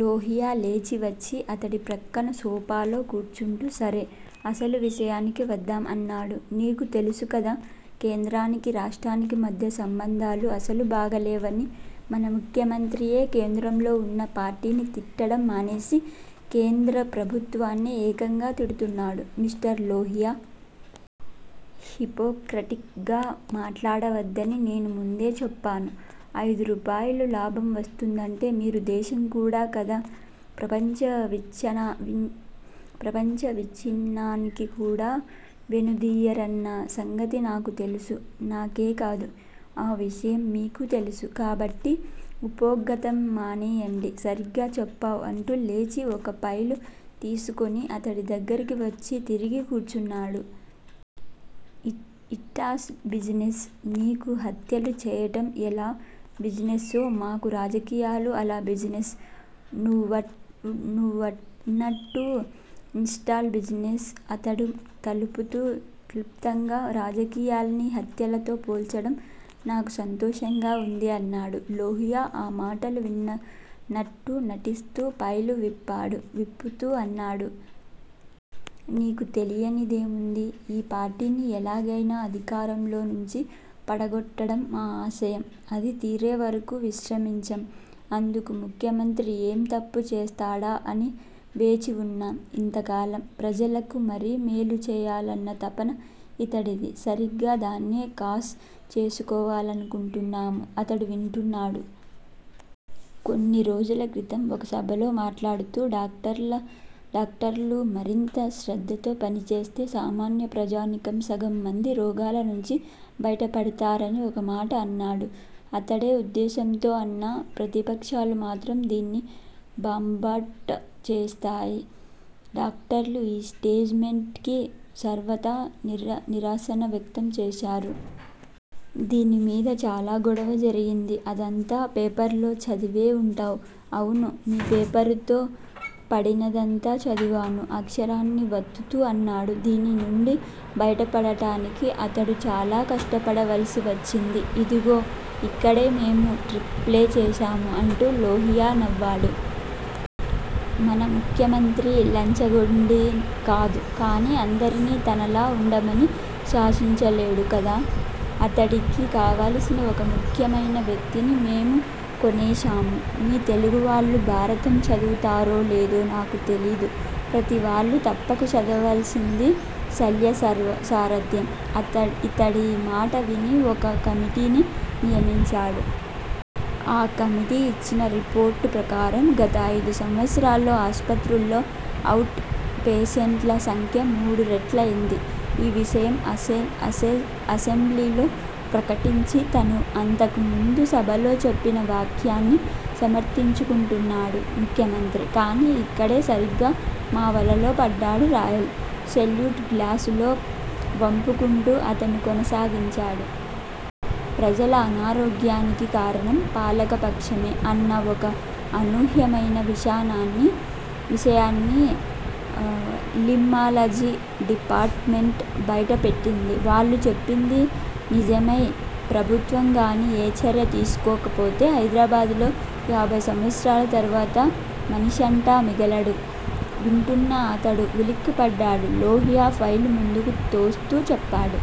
లోహియా లేచి వచ్చి అతడి పక్కన సోఫాలో కూర్చుంటూ సరే, అసలు విషయానికి వద్దాం అన్నాడు. నీకు తెలుసుకదా, కేంద్రానికీ, రాష్ట్రానికీ మధ్య సంబంధాలు అసలు బాగాలేవని, మన ముఖ్యమంత్రియే కేంద్రంలో వున్న పార్టీని తిట్టటం మానేసి, కేంద్ర ప్రభుత్వాన్నే ఏకంగా తిడుతున్నాడు. మిస్టర్ లోహియా! హిపోక్రటిక్ గా మాట్లాడవద్దని నేను ముందే చెప్పాను. అయిదు రూపాయలు లాభం వస్తుందంటే మీరు దేశం కాదు కదా, ప్రపంచ విచ్చిన్నానికి కూడా వెనుదీయరన్న సంగతి నాకు తెలుసు. నాకేకాదు ఆ విషయం మీకూ తెలుసు. కాబట్టి ఉపోద్ఘాతం మానెయ్యండి. సరిగ్గా చెప్పావ్ అంటూ లేచి ఒక ఫైలు తీసుకుని అతడి దగ్గిరకి వచ్చి తిరిగి కూర్చున్నాడు. It's all business! నీకు హత్యలు చేయటం ఎలా బిజినెస్సో, మాకు రాజకీయాలు అలా బిజినెస్. నువ్వన్నట్టు it's all business. అతడు తలూపుతూ క్లుప్తంగా, రాజకీయాల్ని హత్యలతో పోల్చటం నాకు సంతోషంగా వుంది అన్నాడు. లోహియా ఆ మాటలు విననట్టు నటిస్తూ ఫైలు విప్పాడు. విప్పుతూ అన్నాడు. నీకు తెలియనిదేముంది. ఈ పార్టీని ఎలాగైనా అధికారంలో నుంచి పడగొట్టటం మా ఆశయం! అది తీరేవరకూ విశ్రమించం. అందుకు ముఖ్యంత్రి ఏం తప్పు చేస్తాడా అని వేచి వున్నాం ఇంతకాలం. ప్రజలకి మరీ మేలు చేయాలన్న తపన ఇతడిది. సరిగ్గా దాన్నే కాష్ చేసుకోవాలనుకుంటున్నాము. అతడు వింటున్నాడు. కొన్ని రోజుల క్రితం ఒక సభలో మాట్లాడుతూ, డాక్టర్లు మరింత శ్రద్ధతో పనిచేస్తే సామాన్య ప్రజానీకం సగం మంది రోగాల నుంచి బయటపడతారని ఒక మాట అన్నాడు. అతడే ఉద్దేశ్యంతో అన్నా ప్రతిపక్షాలు మాత్రం దీన్ని బంబాట్ చేశాయి. డాక్టర్లు ఈ స్టేట్ మెంట్ కి సర్వత్రా నిరసన వ్యక్తం చేశారు. దీని మీద చాలా గొడవ జరిగింది. అదంతా పేపర్లో చదివే వుంటావ్. అవును. 'మీ' పేపరుతో పడినదంతా చదివాను అక్షరాన్ని వత్తుతూ అన్నాడు. దీని నుంచి బయటపడటానికి అతడు చాలా కష్టపడవలసి వచ్చింది. ఇదిగో ఇక్కడే మేము ట్రిక్ ప్లే చేశాము అంటూ లోహియా నవ్వాడు. మన ముఖ్యమంత్రి లంచగొండి కాదు. కానీ అందరినీ తనలా వుండమని శాసించలేడు కదా. అతడికి కావలసిన ఒక ముఖ్యమైన వ్యక్తిని మేము కోనేశాము. మీ తెలుగువాళ్ళు భారతం చదువుతారో లేదో నకు తెలీదు. ప్రతీవాళ్ళూ తప్పక చదవవలసింది 'శల్యసారధ్యం'. ఇతడి మాట విని- ఒక కమిటీని నియమించాడు. ఆ కమిటీ ఇచ్చిన రిపోర్టు ప్రకారం గత అయిదు సంవత్సరాల్లో ఆస్పత్రుల్లో అవుట్ పేషంట్ల సంఖ్య మూడు రెట్లయింది. ఈ విషయం అసెంబ్లీలో ప్రకటించి, తను అంతకుముందు సభలో చెప్పిన వ్యాఖ్యని సమర్ధించుకుంటున్నాడు ముఖ్యమంత్రి. కానీ ఇక్కడే సరిగ్గా మా వలలో పడ్డాడు రాయల్ సెల్యూట్ గ్లాసులో వంపుకుంటూ అతను కొనసాగించాడు. ప్రజల అనారోగ్యానికి కారణం పాలక పక్షమే అన్న ఒక అనూహ్యమయిన విషయాన్ని లిమ్నాలజీ డిపార్ట్ మెంట్ బైటపెట్టింది. వాళ్ళు చెప్పిందే నిజమై ప్రభుత్వం గానీ ఏ చర్యా తీసుకోకపోతే, హైదరాబాద్ లో యాభై సంవత్సరాల తరువాత మనిషంటూ మిగలడు. వింటున్న అతడు ఉలిక్కిపడ్డాడు. లోహియా ఫైలు ముందుకు తోస్తూ చెప్పాడు.